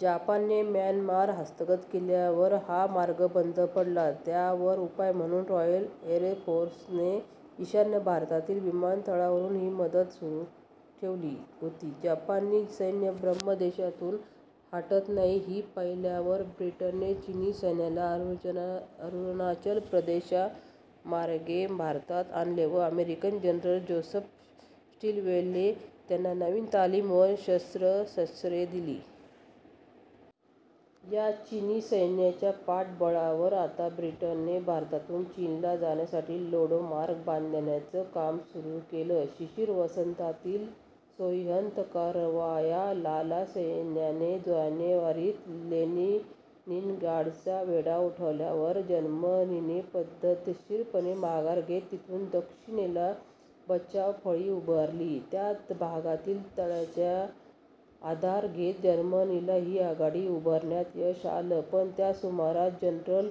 जपानने म्यानमार हस्तगत केल्यावर हा मार्ग बंद पडला. यावर उपाय म्हणून रॉयल एरफोर्सने ईशान्य भारतातील विमानतळांवरून ही मदत सुरू ठेवली होती. जपानी सैन्य ब्रह्मदेशातून हटत नाही ही पाहिल्यावर ब्रिटनने चीनी सैन्याला अरुणाचल प्रदेशमार्गे भारतात आणले व अमेरिकन जनरल जोसेफ स्टिलवेलने त्यांना नवी तालीम व शस्त्रास्त्रे दिली. या चीनी सैन्याच्या पाठबळावर आता ब्रिटनने भारतातून चीनला जाण्यासाठी लेडो मार्ग बांधण्याचे काम सुरू केले. शिशिर-वसंतातील सोव्हिएत कारवाया लाल सैन्याने जानेवारीत लेनिनग्राडचा वेढा उठवल्यावर जर्मनीने पद्धतशीरपणे माघार घेत तेथून दक्षिणेला बचावफळी उभारली. त्या भागातील तळ्यांचा आधार घेत जर्मनीला ही आघाडी उभारण्यात यश आले पण त्या सुमारास जनरल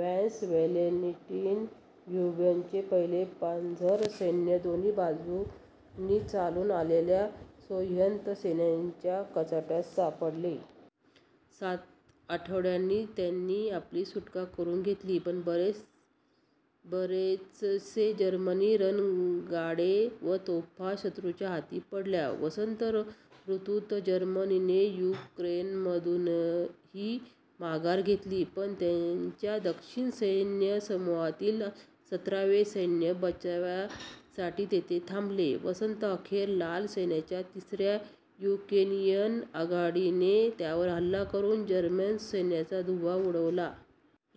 हान्स-व्हॅलेन्टिन ह्युबचे पहिले पॅन्झर सैन्य दोन बाजूंनी चालून आलेल्या सोव्हिएत सैन्याच्या कचाट्यात सापडले. सात आठवड्यांनी त्यांनी आपली सुटका करून घेतली पण बरेचसे जर्मन रणगाडे व तोफा शत्रूच्या हाती पडल्या. वसंत ऋतुत जर्मनीने युक्रेनमधूनही माघार घेतली पण त्यांच्या दक्षिण सैन्यसमूहातील सतरावे सैन्य बचावासाठी तेथे थांबले. वसंतअखेर लाल सैन्याच्या तिसऱ्या युक्रेनियन आघाडीने त्यावर हल्ला करून जर्मन सैन्याचा धुव्वा उडवला.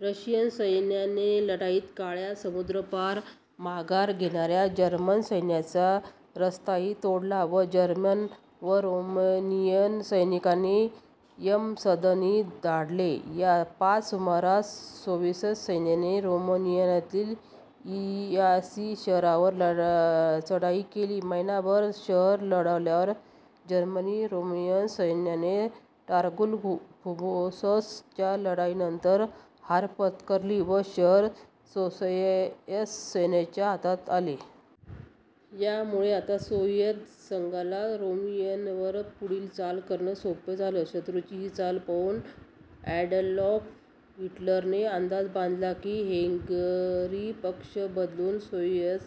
रशियन सैन्याने या लढाईत काळ्या समुद्रापार माघार घेणाऱ्या जर्मन सैन्याचा रस्ताही तोडला व जर्मन व रोमेनियन सैनिकांना यमसदनी धाडले. याच सुमारास सोव्हिएत सैन्याने रोमेनियातील इयासी शहरावर चढाई केली. महिनाभर शहर लढवल्यावर जर्मन-रोमेनियन सैन्याने टारगुल फ्रुमोसच्या लढाईनंतर हार पत्करली व शहर सोव्हिएत सैन्याच्या हातात आले. यामुळे आता सोव्हिएत संघाला रोमेनियावर पुढील चाल करणे सोपे झाले. शत्रूची ही चाल पाहून ॲडॉल्फ हिटलरने अंदाज बांधला की हंगेरी पक्ष बदलून सोव्हिएत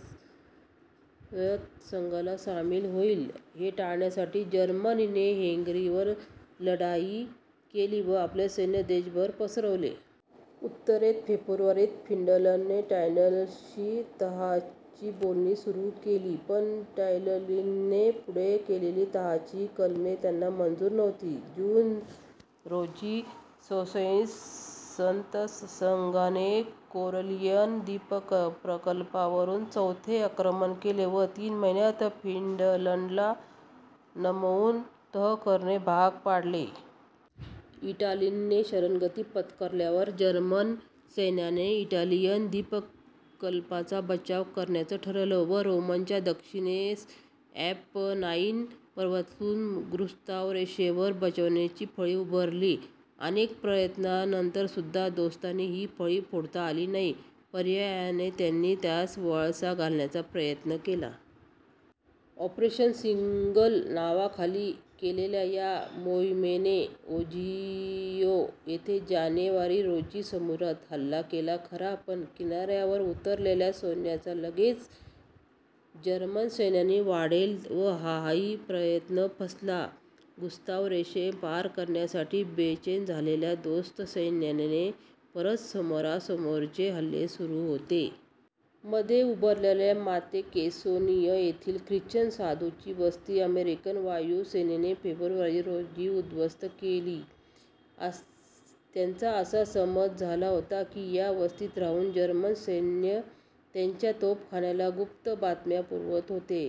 संघाला सामील होइल. हे टाळण्यासाठी जर्मनीने हंगेरीवर चढाई केली व आपले सैन्य देशभर पसरवले. उत्तरेत फेब्रुवारीत फिनलंडने स्टालिनशी तहाची बोलणी सुरू केली पण स्टालिनने पुढे केलेली तहाची कलमे त्यांना मंजूर नव्हती. जून रोजी सोव्हिएत संघाने कारेलियन द्वीपकल्पावरून चौथे आक्रमण केले व तीन महिन्यात फिनलंडला नमवून तह करणे भाग पाडले. इटलीने शरणागती पत्करल्यावर जर्मन सैन्याने इटालियन द्वीपकल्पाचा बचाव करण्याचे ठरवले व रोमच्या दक्षिणेस एपेनाइन पर्वतातून गुस्ताव रेषेवर बचावाची फळी उभारली. अनेक प्रयत्नांनंतरसुद्धा दोस्तांना ही फळी फोडता आली नाही. पर्यायाने त्यांनी त्यास वळसा घालण्याचा प्रयत्न केला. ऑपरेशन शिंगल नावाखाली केलेल्या या मोहिमेने आंझियो येथे जानेवारी, रोजी समुद्रातून हल्ला केला खरा पण किनाऱ्यावर उतरलेल्या सैन्याला लगेचच जर्मन सैन्याने वेढले व हाही प्रयत्न फसला. गुस्ताव रेषा पार करण्यासाठी बेचैन झालेल्या दोस्त सैन्याने परत समोरासमोरचे हल्ले सुरू केले. मध्ये उभारलेली मॉॅंते कॅसिनो येथील ख्रिश्चन साधूंची वस्ती अमेरिकन वायु सेनेने फेब्रुवारी रोजी उद्ध्वस्त केली. त्यांचा असा समज झाला होता की या वस्तीत राहून जर्मन सैन्य त्यांच्या तोफखान्याला गुप्त बातम्या पुरवत होते.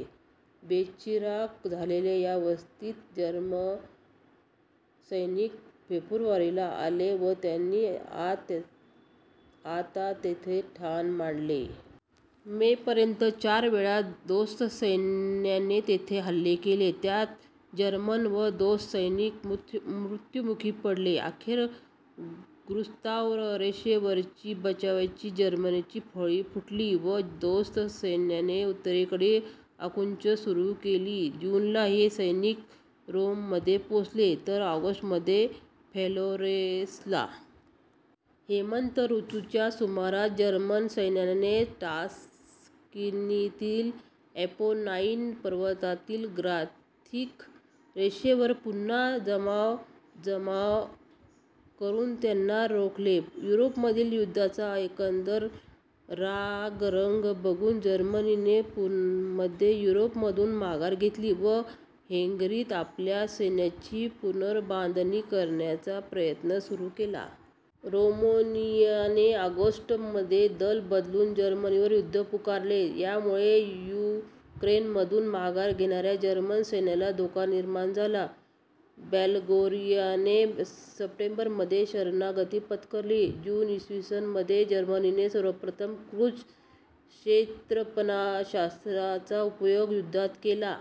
बेचिराख झालेल्या या वस्तीत जर्म सैनिक फेब्रुवारी ला आले व त्यांनी आता तेथे ठाण मांडले. मे पर्यंत चार वेळा दोस्त सैन्याने येथे हल्ले केले. यात जर्मन तर दोस्त सैनिक मृत्युमुखी पडले. अखेर गुस्ताव रेषेवरची बचावाची जर्मन फळी फुटली व दोस्त सैन्याने उत्तरेकडे आगेकूच सुरू केली. जून ला हे सैनिक रोममध्ये पोचले तर ऑगस्टमध्ये फ्लोरेंसला. हेमंत ऋतूच्या सुमारास जर्मन सैन्याने टस्कनीतील एपेनाइन पर्वतातील गॉथिक रेषेवर पुन्हा जमवाजमव करून त्यांना रोखले युरोपमधील युद्धाचा एकंदर रागरंग बघून जर्मनीने मध्य युरोपमधून माघार घेतली व हंगेरीत आपल्या सैन्याची पुनर्बांधणी करण्याचा प्रयत्न सुरू केला. रोमेनियाने ऑगस्ट मध्ये दल बदलून जर्मनीवर युद्ध पुकारले. यामुळे युक्रेनमधून माघार घेणाऱ्या जर्मन सैन्याला धोका निर्माण झाला. बल्गेरियाने सप्टेंबरमध्ये शरणागती पत्करली. जून इ. स. मध्ये जर्मनीने सर्वप्रथम क्रुझ क्षेपणास्त्रांचा उपयोग युद्धात केला.